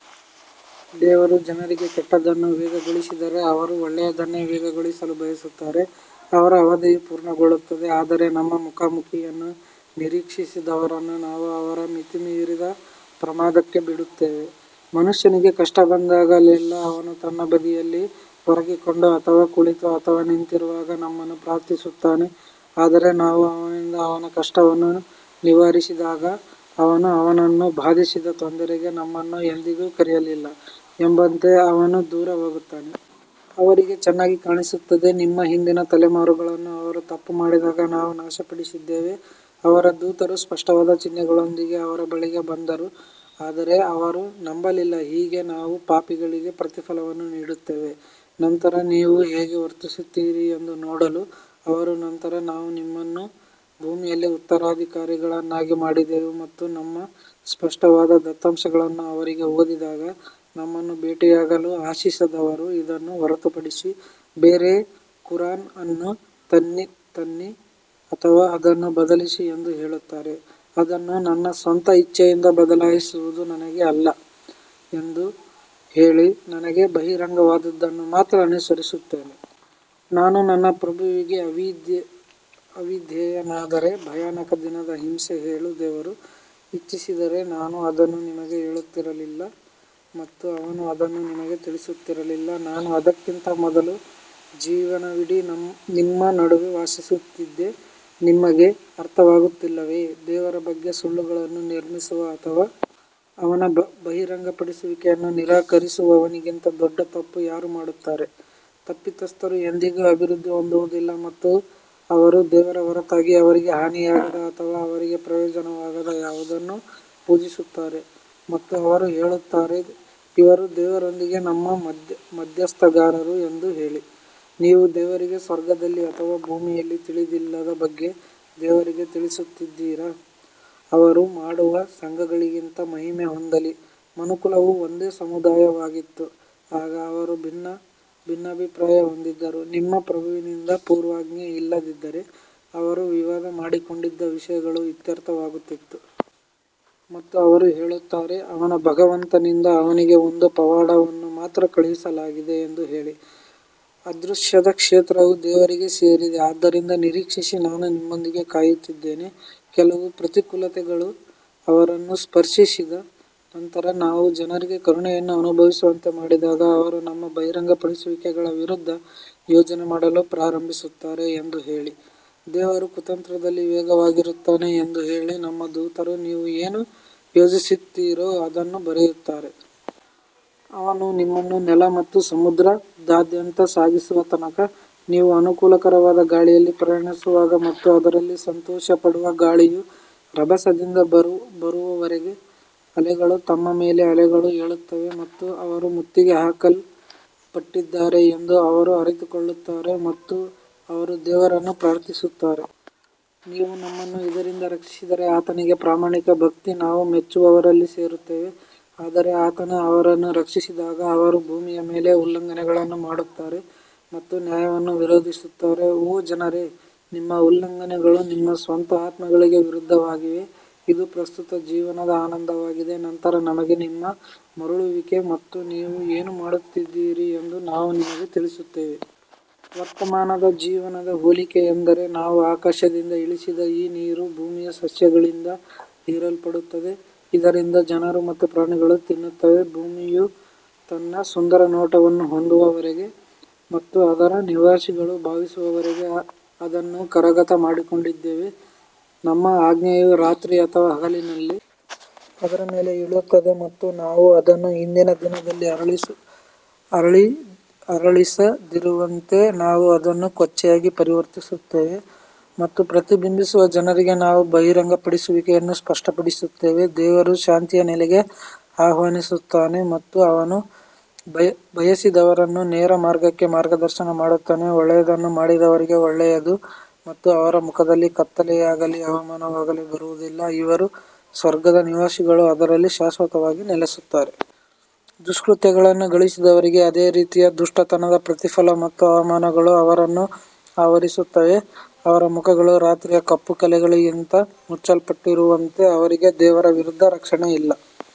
ದೇವರು ಜನರಿಗೆ ಕೆಟ್ಟದ್ದನ್ನು ವೇಗಗೊಳಿಸಿದರೆ ಅವರು ಒಳ್ಳೆಯದನ್ನು ವೇಗಗೊಳಿಸಲು ಬಯಸುತ್ತಾರೆ ಅವರ ಅವಧಿಯು ಪೂರ್ಣಗೊಳ್ಳುತ್ತದೆ ಆದರೆ ನಮ್ಮ ಮುಖಾಮುಖಿಯನ್ನು ನಿರೀಕ್ಷಿಸದವರನ್ನು ನಾವು ಅವರ ಮಿತಿಮೀರಿದ ಪ್ರಮಾದಕ್ಕೆ ಬಿಡುತ್ತೇವೆ. ಮನುಷ್ಯನಿಗೆ ಕಷ್ಟ ಬಂದಾಗಲೆಲ್ಲಾ ಅವನು ತನ್ನ ಬದಿಯಲ್ಲಿ ಒರಗಿಕೊಂಡು ಅಥವಾ ಕುಳಿತು ಅಥವಾ ನಿಂತಿರುವಾಗ ನಮ್ಮನ್ನು ಪ್ರಾರ್ಥಿಸುತ್ತಾನೆ ಆದರೆ ನಾವು ಅವನಿಂದ ಅವನ ಕಷ್ಟವನ್ನು ನಿವಾರಿಸಿದಾಗ ಅವನು ಅವನನ್ನು ಬಾಧಿಸಿದ ತೊಂದರೆಗೆ ನಮ್ಮನ್ನು ಎಂದಿಗೂ ಕರೆಯಲಿಲ್ಲ ಎಂಬಂತೆ ಅವನು ದೂರ ಹೋಗುತ್ತಾನೆ. ಅವರಿಗೆ ಚೆನ್ನಾಗಿ ಕಾಣಿಸುತ್ತದೆ ನಿಮ್ಮ ಹಿಂದಿನ ತಲೆಮಾರುಗಳನ್ನು ಅವರು ತಪ್ಪು ಮಾಡಿದಾಗ ನಾವು ನಾಶಪಡಿಸಿದ್ದೇವೆ ಅವರ ದೂತರು ಸ್ಪಷ್ಟವಾದ ಚಿಹ್ನೆಗಳೊಂದಿಗೆ ಅವರ ಬಳಿಗೆ ಬಂದರು ಆದರೆ ಅವರು ನಂಬಲಿಲ್ಲ ಹೀಗೆ ನಾವು ಪಾಪಿಗಳಿಗೆ ಪ್ರತಿಫಲವನ್ನು ನೀಡುತ್ತೇವೆ. ನಂತರ ನೀವು ಹೇಗೆ ವರ್ತಿಸುತ್ತೀರಿ ಎಂದು ನೋಡಲು ಅವರ ನಂತರ ನಾವು ನಿಮ್ಮನ್ನು ಭೂಮಿಯಲ್ಲಿ ಉತ್ತರಾಧಿಕಾರಿಗಳನ್ನಾಗಿ ಮಾಡಿದೆವು ಮತ್ತು ನಮ್ಮ ಸ್ಪಷ್ಟವಾದ ದತ್ತಾಂಶಗಳನ್ನು ಅವರಿಗೆ ಓದಿದಾಗ, ನಮ್ಮನ್ನು ಭೇಟಿಯಾಗಲು ಆಶಿಸದವರು ಇದನ್ನು ಹೊರತುಪಡಿಸಿ ಬೇರೆ ಕುರಾನ್ ಅನ್ನು ತನ್ನಿ ಅಥವಾ ಅದನ್ನು ಬದಲಿಸಿ ಎಂದು ಹೇಳುತ್ತಾರೆ, ಅದನ್ನು ನನ್ನ ಸ್ವಂತ ಇಚ್ಛೆಯಿಂದ ಬದಲಾಯಿಸುವುದು ನನಗೆ ಅಲ್ಲ ಎಂದು ಹೇಳಿ ನನಗೆ ಬಹಿರಂಗವಾದದ್ದನ್ನು ಮಾತ್ರ ಅನುಸರಿಸುತ್ತೇನೆ. ನಾನು ನನ್ನ ಪ್ರಭುವಿಗೆ ಅವಿಧೇಯನಾದರೆ ಭಯಾನಕ ದಿನದ ಹಿಂಸೆ ಹೇಳು ದೇವರು ಇಚ್ಛಿಸಿದ್ದರೆ ನಾನು ಅದನ್ನು ನಿಮಗೆ ಹೇಳುತ್ತಿರಲಿಲ್ಲ ಮತ್ತು ಅವನು ಅದನ್ನು ನಿಮಗೆ ತಿಳಿಸುತ್ತಿರಲಿಲ್ಲ ನಾನು ಅದಕ್ಕಿಂತ ಮೊದಲು ಜೀವಮಾನವಿಡೀ ನಿಮ್ಮ ನಡುವೆ ವಾಸಿಸುತ್ತಿದ್ದೆ ನಿಮಗೆ ಅರ್ಥವಾಗುತ್ತಿಲ್ಲವೇ? ದೇವರ ಬಗ್ಗೆ ಸುಳ್ಳುಗಳನ್ನು ನಿರ್ಮಿಸುವ ಅಥವಾ ಅವನ ಬಹಿರಂಗಪಡಿಸುವಿಕೆಯನ್ನು ನಿರಾಕರಿಸುವವನಿಗಿಂತ ದೊಡ್ಡ ತಪ್ಪು ಯಾರು ಮಾಡುತ್ತಾರೆ, ತಪ್ಪಿತಸ್ಥರು ಎಂದಿಗೂ ಅಭಿವೃದ್ಧಿ ಹೊಂದುವುದಿಲ್ಲ ಮತ್ತು ಅವರು ದೇವರ ಹೊರತಾಗಿ ಅವರಿಗೆ ಹಾನಿಯಾಗದ ಅಥವಾ ಅವರಿಗೆ ಪ್ರಯೋಜನವಾಗದ ಯಾವುದನ್ನೂ ಪೂಜಿಸುತ್ತಾರೆ ಮತ್ತು ಅವರು ಹೇಳುತ್ತಾರೆ ಇವರು ದೇವರೊಂದಿಗೆ ನಮ್ಮ ಮಧ್ಯಸ್ಥಗಾರರು ಎಂದು ಹೇಳಿ, ನೀವು ದೇವರಿಗೆ ಸ್ವರ್ಗದಲ್ಲಿ ಅಥವಾ ಭೂಮಿಯಲ್ಲಿ ತಿಳಿದಿಲ್ಲದ ಬಗ್ಗೆ ದೇವರಿಗೆ ತಿಳಿಸುತ್ತಿದ್ದೀರಾ ಅವರು ಮಾಡುವ ಸಂಘಗಳಿಗಿಂತ ಮಹಿಮೆ ಹೊಂದಲಿ ಮನುಕುಲವು ಒಂದೇ ಸಮುದಾಯವಾಗಿತ್ತು ಆಗ ಅವರು ಭಿನ್ನಾಭಿಪ್ರಾಯ ಹೊಂದಿದ್ದರು, ನಿಮ್ಮ ಪ್ರಭುವಿನಿಂದ ಪೂರ್ವಾಜ್ಞೆ ಇಲ್ಲದಿದ್ದರೆ ಅವರು ವಿವಾದ ಮಾಡಿಕೊಂಡಿದ್ದ ವಿಷಯಗಳು ಇತ್ಯರ್ಥವಾಗುತ್ತಿತ್ತು. ಮತ್ತು ಅವರು ಹೇಳುತ್ತಾರೆ, ಅವನ ಭಗವಂತನಿಂದ ಅವನಿಗೆ ಒಂದು ಪವಾಡವನ್ನು ಮಾತ್ರ ಕಳುಹಿಸಲಾಗಿದೆ ಎಂದು ಹೇಳಿ, ಅದೃಶ್ಯದ ಕ್ಷೇತ್ರವು ದೇವರಿಗೆ ಸೇರಿದೆ ಆದ್ದರಿಂದ ನಿರೀಕ್ಷಿಸಿ ನಾನು ನಿಮ್ಮೊಂದಿಗೆ ಕಾಯುತ್ತಿದ್ದೇನೆ. ಕೆಲವು ಪ್ರತಿಕೂಲತೆಗಳು ಅವರನ್ನು ಸ್ಪರ್ಶಿಸಿದ ನಂತರ ನಾವು ಜನರಿಗೆ ಕರುಣೆಯನ್ನು ಅನುಭವಿಸುವಂತೆ ಮಾಡಿದಾಗ ಅವರು ನಮ್ಮ ಬಹಿರಂಗಪಡಿಸುವಿಕೆಗಳ ವಿರುದ್ಧ ಯೋಜನೆ ಮಾಡಲು ಪ್ರಾರಂಭಿಸುತ್ತಾರೆ ಎಂದು ಹೇಳಿ, ದೇವರು ಕುತಂತ್ರದಲ್ಲಿ ವೇಗವಾಗಿರುತ್ತಾನೆ ಎಂದು ಹೇಳಿ ನಮ್ಮ ದೂತರು ನೀವು ಏನು ಯೋಜಿಸುತ್ತೀರೋ ಅದನ್ನು ಬರೆಯುತ್ತಿದ್ದಾರೆ. ಅವನು ನಿಮ್ಮನ್ನು ನೆಲ ಮತ್ತು ಸಮುದ್ರದಾದ್ಯಂತ ಸಾಗಿಸುವ ತನಕ, ನೀವು ಅನುಕೂಲಕರವಾದ ಗಾಳಿಯಲ್ಲಿ ಪ್ರಯಾಣಿಸುವಾಗ ಮತ್ತು ಅದರಲ್ಲಿ ಸಂತೋಷಪಡುವ ಗಾಳಿಯು ರಭಸದಿಂದ ಬರುವವರೆಗೆ ಅಲೆಗಳು ತಮ್ಮ ಮೇಲೆ ಅಲೆಗಳು ಏಳುತ್ತವೆ ಮತ್ತು ಅವರು ಮುತ್ತಿಗೆ ಹಾಕಲ್ಪಟ್ಟಿದ್ದಾರೆ ಎಂದು ಅವರು ಅರಿತುಕೊಳ್ಳುತ್ತಾರೆ ಮತ್ತು ಅವರು ದೇವರನ್ನು ಪ್ರಾರ್ಥಿಸುತ್ತಾರೆ. ನೀವು ನಮ್ಮನ್ನು ಇದರಿಂದ ರಕ್ಷಿಸಿದರೆ ಆತನಿಗೆ ಪ್ರಾಮಾಣಿಕ ಭಕ್ತಿ ನಾವು ಮೆಚ್ಚುವವರಲ್ಲಿ ಸೇರುತ್ತೇವೆ ಆದರೆ ಆತನು ಅವರನ್ನು ರಕ್ಷಿಸಿದಾಗ ಅವರು ಭೂಮಿಯ ಮೇಲೆ ಉಲ್ಲಂಘನೆಗಳನ್ನು ಮಾಡುತ್ತಾರೆ ಮತ್ತು ನ್ಯಾಯವನ್ನು ವಿರೋಧಿಸುತ್ತಾರೆ ಓ ಜನರೇ ನಿಮ್ಮ ಉಲ್ಲಂಘನೆಗಳು ನಿಮ್ಮ ಸ್ವಂತ ಆತ್ಮಗಳಿಗೆ ವಿರುದ್ಧವಾಗಿವೆ ಇದು ಪ್ರಸ್ತುತ ಜೀವನದ ಆನಂದವಾಗಿದೆ ನಂತರ ನಮಗೆ ನಿಮ್ಮ ಮರಳುವಿಕೆ ಮತ್ತು ನೀವು ಏನು ಮಾಡುತ್ತಿದ್ದೀರಿ ಎಂದು ನಾವು ನಿಮಗೆ ತಿಳಿಸುತ್ತೇವೆ. ವರ್ತಮಾನದ ಜೀವನದ ಹೋಲಿಕೆಯೆಂದರೆ ನಾವು ಆಕಾಶದಿಂದ ಇಳಿಸಿದ ಈ ನೀರು ಭೂಮಿಯ ಸಸ್ಯಗಳಿಂದ ಹೀರಲ್ಪಡುತ್ತದೆ, ಇದರಿಂದ ಜನರು ಮತ್ತು ಪ್ರಾಣಿಗಳು ತಿನ್ನುತ್ತವೆ, ಭೂಮಿಯು ತನ್ನ ಸುಂದರ ನೋಟವನ್ನು ಹೊಂದುವವರೆಗೆ ಮತ್ತು ಅದರ ನಿವಾಸಿಗಳು ಭಾವಿಸುವವರೆಗೆ ಅದನ್ನು ಕರಗತ ಮಾಡಿಕೊಂಡಿದ್ದೇವೆ ನಮ್ಮ ಆಜ್ಞೆಯು ರಾತ್ರಿ ಅಥವಾ ಹಗಲಿನಲ್ಲಿ ಅದರ ಮೇಲೆ ಇಳಿಯುತ್ತದೆ ಮತ್ತು ನಾವು ಅದನ್ನು ಹಿಂದಿನ ದಿನದಲ್ಲಿ ಅರಳಿಸದಿರುವಂತೆ ನಾವು ಅದನ್ನು ಕೊಚ್ಚೆಯಾಗಿ ಪರಿವರ್ತಿಸುತ್ತೇವೆ ಮತ್ತು ಪ್ರತಿಬಿಂಬಿಸುವ ಜನರಿಗೆ ನಾವು ಬಹಿರಂಗಪಡಿಸುವಿಕೆಯನ್ನು ಸ್ಪಷ್ಟಪಡಿಸುತ್ತೇವೆ ದೇವರು ಶಾಂತಿಯ ನೆಲೆಗೆ ಆಹ್ವಾನಿಸುತ್ತಾನೆ ಮತ್ತು ಅವನು ಬಯಸಿದವರನ್ನು ನೇರ ಮಾರ್ಗಕ್ಕೆ ಮಾರ್ಗದರ್ಶನ ಮಾಡುತ್ತಾನೆ ಒಳ್ಳೆಯದನ್ನು ಮಾಡಿದವರಿಗೆ ಒಳ್ಳೆಯದು ಮತ್ತು ಅವರ ಮುಖದಲ್ಲಿ ಕತ್ತಲೆಯಾಗಲೀ ಅವಮಾನವಾಗಲೀ ಬರುವುದಿಲ್ಲ, ಇವರು ಸ್ವರ್ಗದ ನಿವಾಸಿಗಳು ಅದರಲ್ಲಿ ಶಾಶ್ವತವಾಗಿ ನೆಲೆಸುತ್ತಾರೆ. ದುಷ್ಕೃತ್ಯಗಳನ್ನು ಗಳಿಸಿದವರಿಗೆ ಅದೇ ರೀತಿಯ ದುಷ್ಟತನದ ಪ್ರತಿಫಲ ಮತ್ತು ಅವಮಾನವು ಅವರನ್ನು ಆವರಿಸುತ್ತದೆ, ಅವರ ಮುಖಗಳು ರಾತ್ರಿಯ ಕಪ್ಪು ಕಲೆಗಳಿಂದ ಮುಚ್ಚಲ್ಪಟ್ಟಿರುವಂತೆ ಅವರಿಗೆ ದೇವರ ವಿರುದ್ಧ ರಕ್ಷಣೆಯಿಲ್ಲ..